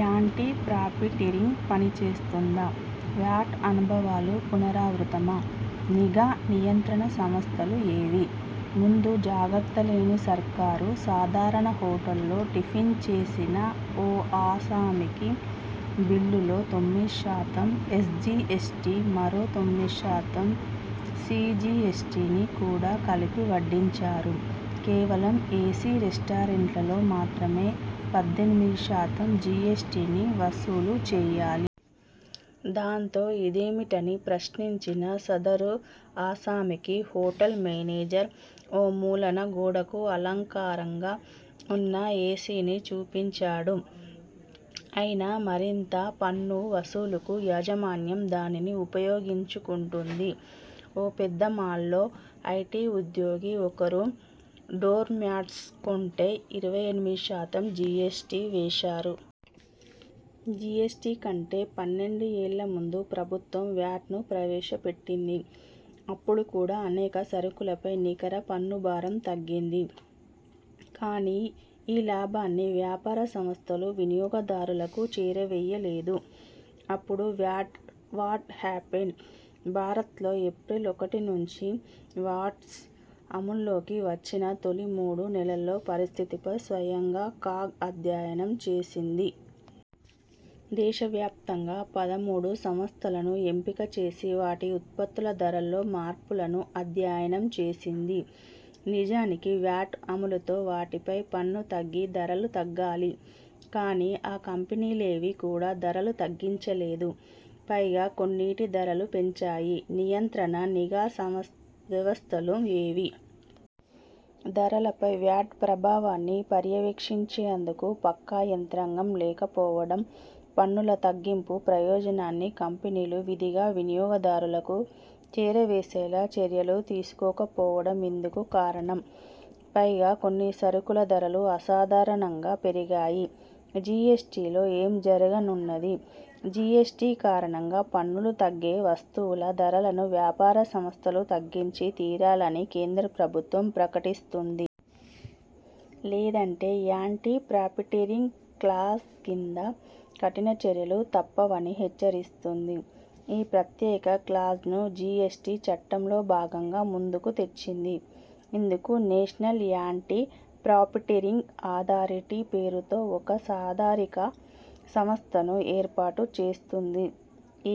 Anti profiteering పని చేస్తుందా? VAT అనుభవాలు పునరావృతమా! నిఘా, నియంత్రణ సంస్థలు ఏవీ!? ముందు జాగ్రత్త లేని సర్కార్ సాధారణ హోటల్లో టిఫిన్ చేసిన ఓ ఆసామికి బిల్లులో తొమ్మిది శాతం ఎస్జీఎస్టీ; మరో తొమ్మిది శాతం సీజీఎస్టీని కూడా కలిపి వడ్డించారు. కేవలం ఏసీ రెస్టారెంట్లలో మాత్రమే పద్దెనిమిది శాతం జీఎస్టీని వసూలు చేయాలి. దాంతో, ఇదేమిటని ప్రశ్నించిన సదరు ఆసామికి హోటల్ మేనేజర్ ఓ మూలన గోడకు అలంకారంగా ఉన్న ఏసీని చూపించాడు. అయినా, మరింత పన్ను వసూలుకు యాజమాన్యం దానిని ఉపయోగించుకుంటోంది. ఓ పెద్ద మాల్లో ఐటీ ఉద్యోగి ఒకరు డోర్మ్యాట్స్ కొంటే ఇరవై ఎనిమిది శాతం జీఎస్టీ వేశారు. జీఎస్టీ కంటే పన్నెండు ఏళ్ల ముందు ప్రభుత్వం వ్యాట్ను ప్రవేశపెట్టింది. అప్పుడు కూడా అనేక సరుకులపై నికర పన్ను భారం తగ్గింది. కానీ, ఈ లాభాన్ని వ్యాపార సంస్థలు వినియోగదారులకు చేరవేయలేదు. అప్పుడు 'వ్యాట్' హ్యాపెండ్..!? భారత్లో ఏప్రిల్ ఒకటి నుంచి వ్యాట్ అమల్లోకివచ్చిన తొలి మూడు నెలల్లో పరిస్థితిపై స్వయంగా కాగ్ అధ్యయనం చేసింది. దేశవ్యాప్తంగా పదమూడు సంస్థలను ఎంపిక చేసి, వాటి ఉత్పత్తుల ధరల్లో మార్పులను అధ్యయనం చేసింది. నిజానికి, వ్యాట్ అమలుతో వాటిపై పన్ను తగ్గి ధరలు తగ్గాలి. కానీ, ఆ కంపెనీలేవీ కూడా ధరలు తగ్గించలేదు. పైగా కొన్నింటి ధరలు పెంచాయి. నియంత్రణ, నిఘా సంవ, వ్యవస్థలు ఏవీ!? ధరలపై వ్యాట్ ప్రభావాన్ని పర్యవేక్షించేందుకు పక్కా యంత్రాంగం లేకపోవడం, పన్నుల తగ్గింపు ప్రయోజనాన్ని కంపెనీలు విధిగా వినియోగదారులకు చేరవేసేలా చర్యలు తీసుకోకపోవడం ఇందుకు కారణం. పైగా కొన్ని సరుకుల ధరలు అసాధారణంగా పెరిగాయి. జీఎస్టీలో ఏం జరగనున్నది!? జీఎస్టీ కారణంగా పన్నులు తగ్గే వస్తువుల ధరలను వ్యాపార సంస్థలు తగ్గించి తీరాలని కేంద్ర ప్రభుత్వం ప్రకటిస్తుంది. లేదంటే, 'యాంటీ ప్రాఫిటీరింగ్' క్లాజ్ కింద కఠిన చర్యలు తప్పవని హెచ్చరిస్తోంది. ఈ ప్రత్యేక క్లాజ్ను జీఎస్టీ చట్టంలో భాగంగా ముందుకు తెచ్చింది. ఇందుకు 'నేషనల్ యాంటీ ప్రాఫిటీరింగ్ అథారిటీ' పేరుతో ఒక సాధారిక సంస్థను ఏర్పాటు చేస్తుంది.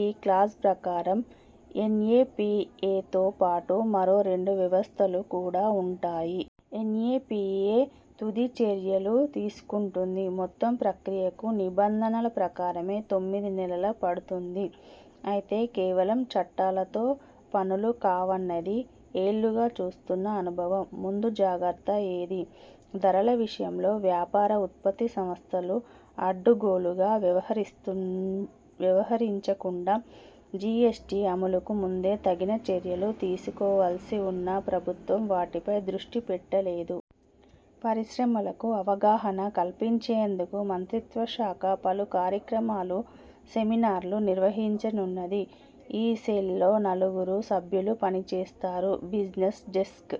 ఈ క్లాజ్ ప్రకారం, ఎన్ఏపీఏతోపాటు మరో రెండు వ్యవస్థలు కూడా ఉంటాయి. ఎన్ఏపీఏ తుది చర్యలు తీసుకుంటుంది. మొత్తం ప్రక్రియకు నిబంధనల ప్రకారమే తొమ్మిది నెలలు పడుతుంది. అయితే, కేవలం చట్టాలతో పనులు కావన్నది ఏళ్లుగా చూస్తున్న అనుభవం. ముందు జాగ్రత్త ఏదీ? ధరల విషయంలో వ్యాపార, ఉత్పత్తి సంస్థలు అడ్డగోలుగా వ్యవహరించకుండా జీఎస్టీ అమలుకు ముందే తగిన చర్యలు తీసుకోవాల్సి ఉన్నా, ప్రభుత్వం వాటిపై దృష్టి పెట్టలేదు. పరిశ్రమలకు అవగాహన కల్పించేందుకు మంత్రిత్వశాఖ పలు కార్యక్రమాలు, సెమినార్లు నిర్వహించనున్నది. ఈ సెల్లో నలుగురు సభ్యులు పని చేస్తారు. Business desk.